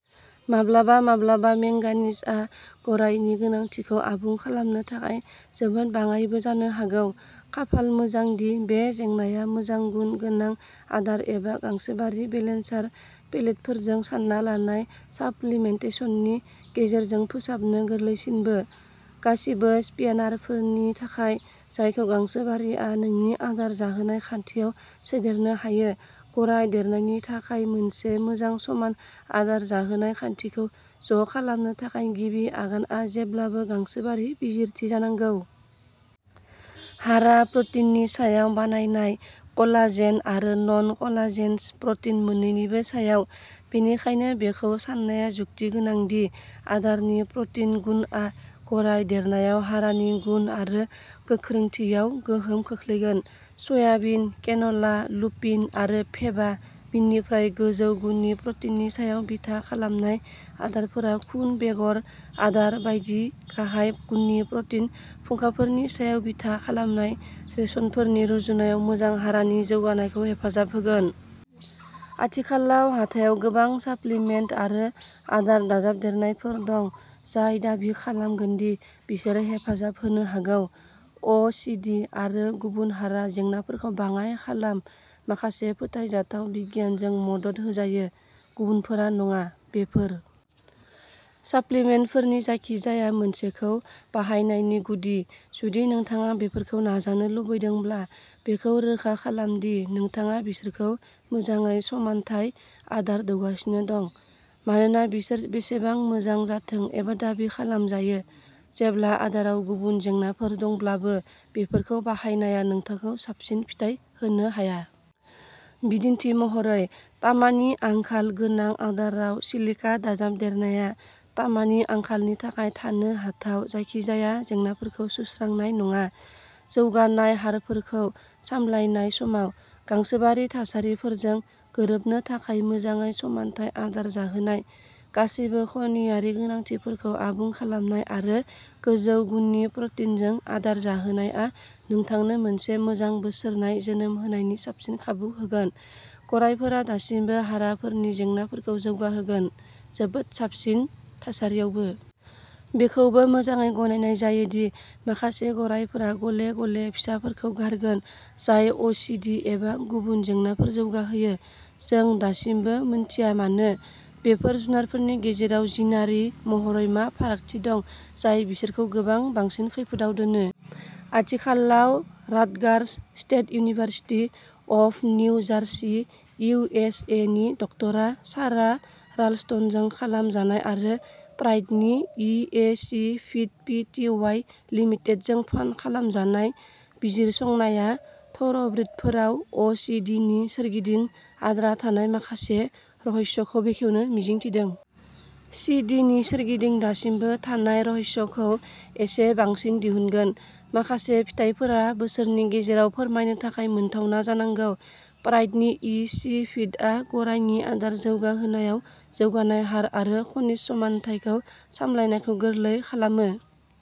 माब्लाबा-माब्लाबा मेंगानिजआ गरायनि गोनांथिखौ आबुं खालामनो थाखाय जोबोद बाङाइबो जानो हागौ। खाफाल मोजां दि बे जेंनाया मोजां गुन गोनां आदार एबा गांसोबारि बेलेन्सार पेलेटफोरजों सानना लानाय साप्लिमेन्टेसननि गेजेरजों फोसाबनो गोरलैसिनबो। गासिबो स्प्यानारफोरनि थाखाय, जायखौ गांसोबारिआ नोंनि आदार जाहोनाय खान्थियाव सोदेरनो हायो, गराय देरनायनि थाखाय मोनसे मोजां समान आदार जाहोनाय खान्थिखौ ज'खालामनो थाखाय गिबि आगानआ जेब्लाबो गांसोबारि बिजिरथि जानांगौ। हारा प्रटिननि सायाव बानायनाय, कलाजेन आरो नन-कलाजेनस प्रटिन मोन्नैनिबो सायाव, बेनिखायनो बेखौ सान्नाया जुक्तिगोनां दि आदारनि प्रटिन गुनआ गराय देरनायाव हारानि गुन आरो गोख्रोंथियाव गोहोम खोख्लैगोन। सयाबिन, केन'ला, लुपिन आरो फेबा बिननिफ्राय गोजौ गुननि प्रटिननि सायाव बिथा खालामनाय आदारफोरा खुन बेगर आदार बायदि गाहाय गुननि प्रटिन फुंखाफोरनि सायाव बिथा खालामनाय रेशनफोरनि रुजुनायाव मोजां हारानि जौगानायखौ हेफाजाब होगोन। आथिखालाव हाथायाव गोबां साप्लिमेन्ट आरो आदार दाजाबदेरनायफोर दं, जाय दाबि खालामगोन दि बिसोरो हेफाजाब होनो हागौ। अ सि डि आरो गुबुन हारा जेंनाफोरखौ बाङाय खालाम माखासे फोथायजाथाव बिगियानजों मदद होजायो, गुबुनफोरा नङा। बेफोर साप्लिमेन्टफोरनि जायखिजाया मोनसेखौ बाहायनायनि गुदि, जुदि नोंथाङा बेफोरखौ नाजानो लुबैदोंब्ला, बेखौ रोखा खालाम दि नोंथाङा बिसोरखौ मोजाङै समानथाय आदार दौगासिनो दं, मानोना बिसोर बेसेबां मोजां जाथों एबा दाबि खालामजायो, जेब्ला आदाराव गुबुन जेंनाफोर दंब्लाबो बेफोरखौ बाहायनाया नोंथांखौ साबसिन फिथाय होनो हाया। बिदिन्थि महरै, तामानि आंखाल गोनां आदाराव सिलिका दाजाबदेरनाया तामानि आंखालनि थाखाय थानो हाथाव जायखिजाया जेंनाफोरखौ सुस्रांनाय नङा। जौगानाय हारफोरखौ सामलायनाय समाव, गांसोबारि थासारिफोरजों गोरोबनो थाखाय मोजाङै समानथाय आदार जाहोनाय, गासैबो खनियारि गोनांथिफोरखौ आबुं खालामनाय आरो गोजौ गुननि प्रटिनजों आदार जाहोनायआ नोंथांनो मोनसे मोजां बोसोरनाय जोनोम होनायनि साबसिन खाबु होगोन, गरायफोरा दासिमबो हाराफोरनि जेंनाफोरखौ जौगाहोगोन, जोबोद साबसिन थासारियावबो। बेखौबो मोजाङै गनायनाय जायो दि माखासे गरायफोरा गले-गले फिसाफोरखौ गारगोन जाय अ सि डि एबा गुबुन जेंनाफोर जौगाहोयो। जों दासिमबो मिन्थिया मानो, बेफोर जुनारफोरनि गेजेराव जिनारि महरै मा फारागथि दं जाय बिसोरखौ गोबां बांसिन खैफोदआव दोनो? आथिखालाव Rutgers, State University of New Jersey U S A नि डकटर सारा राल्स्टनजों खालाम जानाय आरो प्राइडनि E A C feed P T Y लिमिटेडजों फान्ड खालामजानाय बिजिरसंनाया थ'र'ब्रिदफोराव अ सि डि नि सोरगिदिं आद्रा थानाय माखासे रहस्यखौ बेखेवनो मिजिं थिदों। सि डि नि सोरगिदिं दासिमबो थानाय रहस्यखौ एसे बांसिन दिहुनगोन। माखासे फिथायफोरा बोसोरनि गेजेराव फोरमायनो थाखाय मोनथावना जानांगौ। प्राइडनि इ सि फिडआ गरायनि आदार जौगाहोनायाव जौगानाय हार आरो खनिज समानथायखौ सामलायनायखौ गोरलै खालामो।